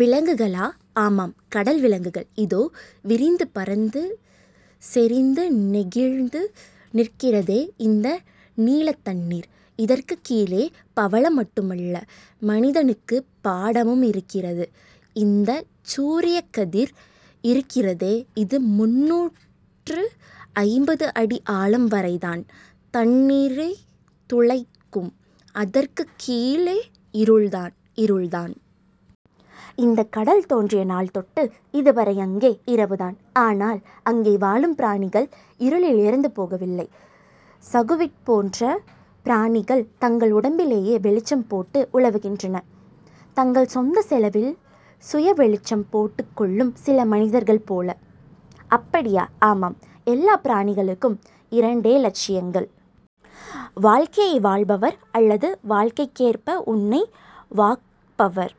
விலங்குகளா? ஆமாம். கடல் விலங்குகள். இதோ, விரிந்து பரந்து செறிந்து நெகிழ்ந்து நிற்கிறதே இந்த நீலத்தண்ணீர்... இதற்குக் கீழே பவளம் மட்டுமல்ல. மனிதனுக்குப் பாடமும் இருக்கிறது. இந்தச் சூரியக்கதிர் இருக்கிறதே, இது முந்நூற்று ஐம்பது அடி ஆழம் வரைதான் தண்ணீர்துளைக்கும். அதற்குக் கீழே இருள்தான். இருள்தான். இந்தக் கடல் தோன்றிய நாள்தொட்டு இன்றுவரை அங்கே இரவுதான். ஆனால், அங்கே வாழும் பிராணிகள் இருளில் இறந்து போகவில்லை. ஸகுவிட்போன்ற பிராணிகள், தங்கள் உடம்பிலேயே வெளிச்சம் போட்டு உலவுகின்றன தங்கள் சொந்தச் செலவில் சுயவெளிச்சம் போட்டுக்கொள்ளும் சில மனிதர்களைப்போல. அப்படியா? ஆமாம். எல்லாப் பிராணிகளுக்கும் இரண்டே லட்சியங்கள். வாழ்க்கையை வாழப்பார். அல்லது வாழ்க்கைக்கேற்ப உன்னை வார்க்கப்பார்.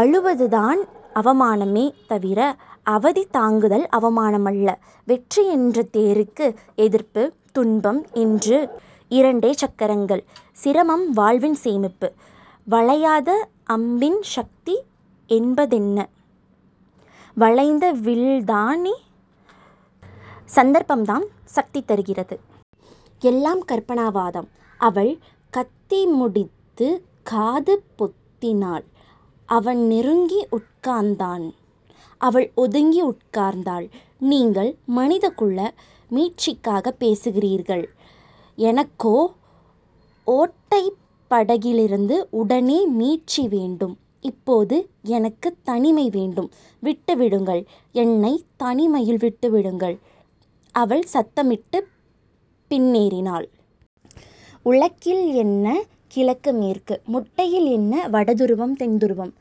அழுவதுதான் அவமானமே தவிர அவதி தாங்குதல் அவமானம் அல்ல. வெற்றி என்ற தேருக்கு எதிர்ப்பு, துன்பம் என்று இரண்டே சக்கரங்கள். சிரமம் வாழ்வின் சேமிப்பு. வளையாத அம்பின் சக்தி என்பதென்ன? வளைந்த வில்தானே. சந்தர்ப்பம்தான் சக்தி தருகிறது. எல்லாம் கற்பனாவாதம். அவள் கத்திமுடித்துக் காது பொத்தினாள். அவன் நெருங்கி உட்கார்ந்தான். அவள் ஒதுங்கி உட்கார்ந்தாள். நீங்கள் மனிதகுல மீட்சிக்காகப் பேசுகிறீர்கள். எனக்கோ ஓட்டைப் படகிலிருந்து உடனே மீட்சி வேண்டும். இப்போது எனக்குத் தனிமை வேண்டும். விட்டுவிடுங்கள். என்னைத் தனிமையில் விட்டுவிடுங்கள். அவள் சத்தமிட்டுப் பின்னேறினாள். உழக்கில் என்ன கிழக்கு மேற்கு? முட்டையில் என்ன வட துருவம் தென் துருவம்?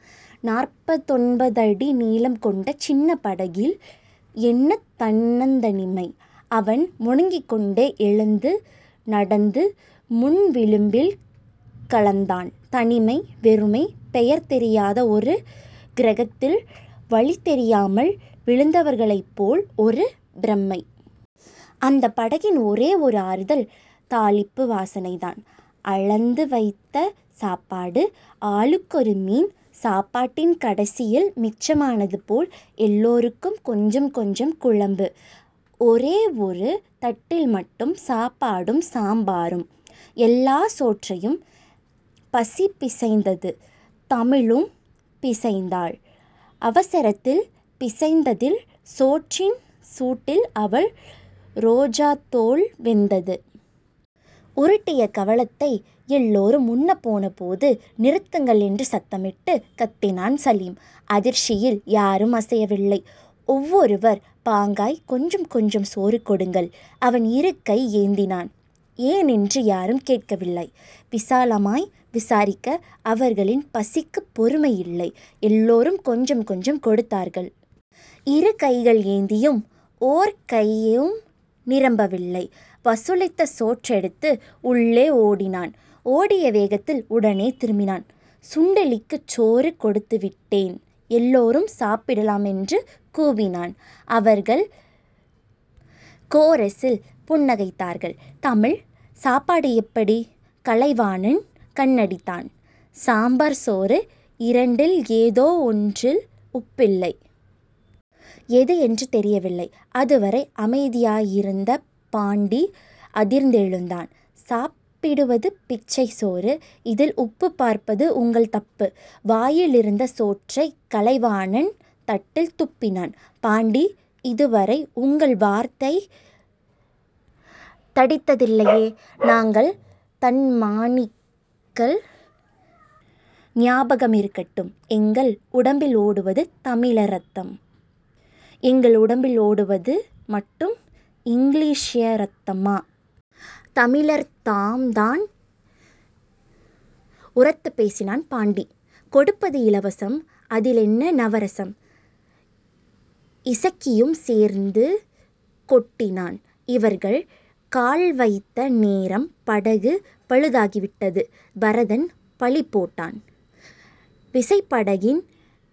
நாற்பத்தொன்பதடி நீளம் கொண்ட சின்னப் படகில் என்ன தன்னந்தனிமை? அவன் முனகிக்கொண்டே எழுந்து நடந்து முன்விளிம்பில் கலந்தான். தனிமை. வெறுமை. பெயர் தெரியாத ஒரு கிரகத்தில் வழிதெரியாமல் விழுந்தவர்களைப்போல் ஒரு பிரமை. அந்தப் படகின் ஒரே ஓர் ஆறுதல் தாளிப்பு வாசனைதான். அளந்து வைத்த சாப்பாடு. ஆளுக்கொரு மீன். சாப்பாட்டின் கடைசியில் மிச்சமானது போல் எல்லோருக்கும் கொஞ்சம் கொஞ்சம் குழம்பு. ஒரே ஒரு தட்டில் மட்டும் சாப்பாடும் சாம்பாரும். எல்லாச் சோற்றையும் பசிபிசைந்தது. தமிழும் பிசைந்தாள். அவசரத்தில் பிசைந்ததில் சோற்றின் சூட்டில் அவள் ரோஜாத்தோல் வெந்தது. உருட்டிய கவளத்தை எல்லோரும் உண்ணப்போனபோது நிறுத்துங்கள் என்று சத்தமிட்டுக் கத்தினான் சலீம். அதிர்ச்சியில் யாரும் அசையவில்லை. ஒவ்வொருவர் பங்காய்க் கொஞ்சம் கொஞ்சம் சோறு கொடுங்கள். அவன் இரு கை ஏந்தினான். ஏனென்று யாரும் கேட்கவில்லை. விசாலமாய் விசாரிக்க அவர்களின் பசிக்குப் பொறுமை இல்லை. எல்லோரும் கொஞ்சம் கொஞ்சம் கொடுத்தார்கள். இரு கைகள் ஏந்தியும் ஒரு। கையும் நிரம்பவில்லை. வசூலித்த சோறெடுத்து உள்ளே ஓடினான். ஓடிய வேகத்தில் உடனே திரும்பினான். சுண்டெலிக்குச் சோறு கொடுத்துவிட்டேன். எல்லோரும் சாப்பிடலாம் என்று கூவினான். அவர்கள் கோரஸில் புன்னகைத்தார்கள். தமிழ். சாப்பாடு எப்படி? கலைவண்ணன் கண்ணடித்தான். சாம்பார் சோறு இரண்டில் ஏதோ ஒன்றில் உப்பில்லை. எது என்று தெரியவில்லை. அதுவரை அமைதியாயிருந்த பாண்டி அதிர்ந்தெழுந்தான். சாப்பிடுவது பிச்சைச் சோறு. இதில் உப்புப் பார்ப்பது உங்கள் தப்பு. வாயிலிருந்த சோற்றைக் கலைவண்ணன் தட்டில் துப்பினான். பாண்டி. இதுவரை உங்கள் வார்த்தை தடித்ததில்லையே. நாங்கள் தன்மானிகள். ஞாபகமிருக்கட்டும். எங்கள் உடம்பில் ஓடுவது தமிழ்ரத்தம். எங்கள் உடம்பில் ஓடுவது மட்டும் இங்கிலீஷ ரத்தமா? தமிழ்ரத்தம்தான். உரத்துப்பேசினான் பாண்டி. கொடுப்பது இலவசம். அதிலென்ன நவரசம்? இசக்கியும் சேர்ந்து கொண்டான். இவர்கள் கால்வைத்த நேரம் படகு பழுதாகிவிட்டது. பரதன் பழிபோட்டான். விசைப்படகின்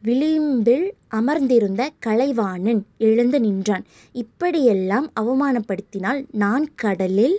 விளிம்பில் அமர்ந்திருந்த கலைவண்ணன் எழுந்து நின்றான். இப்படியெல்லாம் அவமானப்படுத்தினால் நான் கடலில்